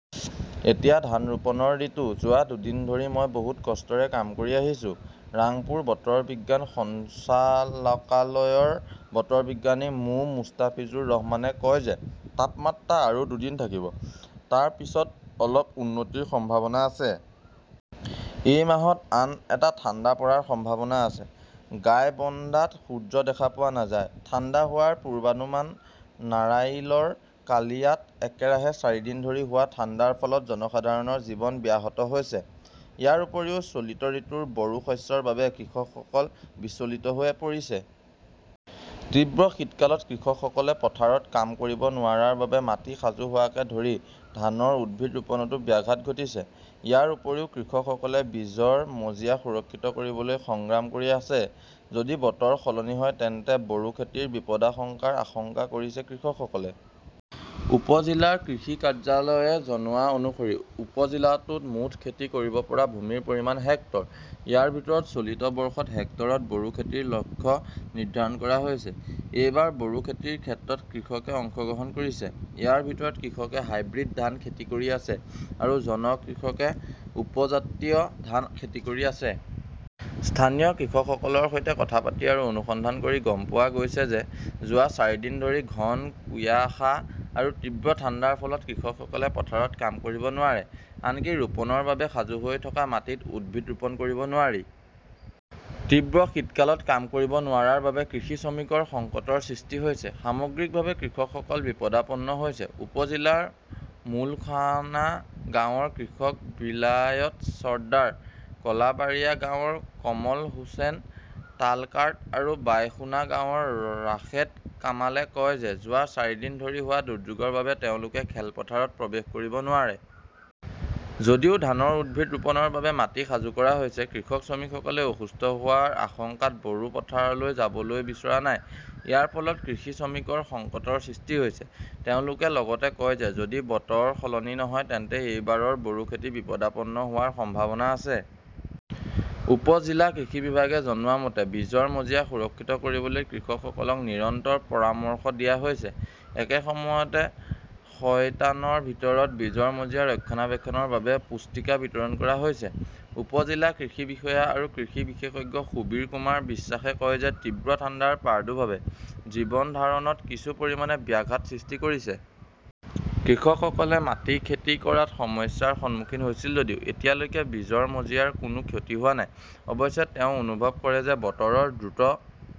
এতিয়া ধান ৰোপণৰ ঋতু। যোৱা দুদিন ধৰি মই বহুত কষ্টৰে কাম কৰি আহিছো। ৰাংপুৰ বতৰ বিজ্ঞান সঞ্চালকালয়ৰ বতৰ বিজ্ঞানী মো. মুষ্টাফিজুৰ ৰহমানে কয় যে তাপমাত্ৰা আৰু দুদিন থাকিব। তাৰ পিছত অলপ উন্নতিৰ সম্ভাৱনা আছে। এই মাহত আন এটা ঠাণ্ডা পৰাৰ সম্ভাৱনা আছে। গাইবন্দাত সূৰ্য দেখা পোৱা নাযায়, ঠাণ্ডা হোৱাৰ পূৰ্বানুমান নাৰাইলৰ কালিয়াত একেৰাহে চাৰিদিন ধৰি হোৱা ঠাণ্ডাৰ ফলত জনসাধাৰণৰ জীৱন ব্যাহত হৈছে। ইয়াৰ উপৰিও, চলিত ঋতুৰ বৰো শস্যৰ বাবে কৃষকসকল বিচলিত হৈ পৰিছে। তীব্ৰ শীতকালত কৃষকসকলে পথাৰত কাম কৰিব নোৱাৰাৰ বাবে মাটি সাজু হোৱাকে ধৰি ধানৰ উদ্ভিদ ৰোপণতো ব্যাঘাত ঘটিছে। ইয়াৰ উপৰিও, কৃষকসকলে বীজৰ মজিয়া সুৰক্ষিত কৰিবলৈ সংগ্ৰাম কৰি আছে। যদি বতৰ সলনি নহয় তেন্তে বৰো খেতিৰ বিপদাশংকাৰ আশংকা কৰিছে কৃষকসকলে। উপ-জিলাৰ কৃষি কাৰ্যালয়ে জনোৱা অনুসৰি উপ-জিলাটোত মুঠ খেতি কৰিব পৰা ভূমিৰ পৰিমাণ হেক্টৰ। ইয়াৰ ভিতৰত চলিত বৰ্ষত হেক্টৰত বৰো খেতিৰ লক্ষ্য নিৰ্ধাৰণ কৰা হৈছে। এইবাৰ বৰো খেতিৰ ক্ষেত্ৰত কৃষকে অংশগ্ৰহণ কৰিছে। ইয়াৰ ভিতৰত কৃষকে হাইব্ৰিড ধান খেতি কৰি আছে আৰু জন কৃষকে উপজাতীয় ধান খেতি কৰি আছে। স্থানীয় কৃষকসকলৰ সৈতে কথা পাতি আৰু অনুসন্ধান কৰি গম পোৱা গৈছে যে যোৱা চাৰিদিন ধৰি ঘন কুয়াশা আৰু তীব্ৰ ঠাণ্ডাৰ ফলত কৃষকসকলে পথাৰত কাম কৰিব নোৱাৰে। আনকি ৰোপণৰ বাবে সাজু হৈ থকা মাটিত উদ্ভিদ ৰোপণ কৰিব নোৱাৰি। তীব্ৰ শীতকালত কাম কৰিব নোৱাৰাৰ বাবে কৃষি শ্ৰমিকৰ সংকটৰ সৃষ্টি হৈছে। সামগ্ৰিকভাৱে কৃষকসকল বিপদাপন্ন হৈছে। উপ-জিলাৰ মুলখানা গাঁৱৰ কৃষক বিলায়ত চৰ্দাৰ, কলাবাৰিয়া গাঁৱৰ কমল হোসেন তালকাৰ্ড আৰু বাইসোনা গাঁৱৰ ৰাশেদ কামালে কয় যে যোৱা চাৰিদিন ধৰি হোৱা দুৰ্যোগৰ বাবে তেওঁলোকে খেলপথাৰত প্ৰৱেশ কৰিব নোৱাৰে। যদিও ধানৰ উদ্ভিদ ৰোপণৰ বাবে মাটি সাজু কৰা হৈছে, কৃষক শ্ৰমিকসকলে অসুস্থ হোৱাৰ আশংকাত বৰো পথাৰলৈ যাবলৈ বিচৰা নাই। ইয়াৰ ফলত কৃষি শ্ৰমিকৰ সংকটৰ সৃষ্টি হৈছে। তেওঁলোকে লগতে কয় যে যদি বতৰ সলনি নহয় তেন্তে এইবাৰৰ বৰো খেতি বিপদাপন্ন হোৱাৰ সম্ভাৱনা আছে। উপ-জিলা কৃষি বিভাগে জনোৱা মতে, বীজৰ মজিয়া সুৰক্ষিত কৰিবলৈ কৃষকসকলক নিৰন্তৰ পৰামৰ্শ দিয়া হৈছে। একে সময়তে শয়তানৰ ভিতৰত বীজৰ মজিয়া ৰক্ষণাবেক্ষণৰ বাবে পুস্তিকা বিতৰণ কৰা হৈছে। উপ-জিলা কৃষি বিষয়া আৰু কৃষি বিশেষজ্ঞ সুবীৰ কুমাৰ বিশ্বাসে কয় যে তীব্ৰ ঠাণ্ডাৰ প্ৰাদুৰ্ভাৱে জীৱন ধাৰণত কিছু পৰিমাণে ব্যাঘাত সৃষ্টি কৰিছে। কৃষকসকলে মাটি খেতি কৰাত সমস্যাৰ সন্মুখীন হৈছিল যদিও এতিয়ালৈকে বীজৰ মজিয়াৰ কোনো ক্ষতি হোৱা নাই। অৱশ্যে, তেওঁ অনুভৱ কৰে যে বতৰত দ্ৰুত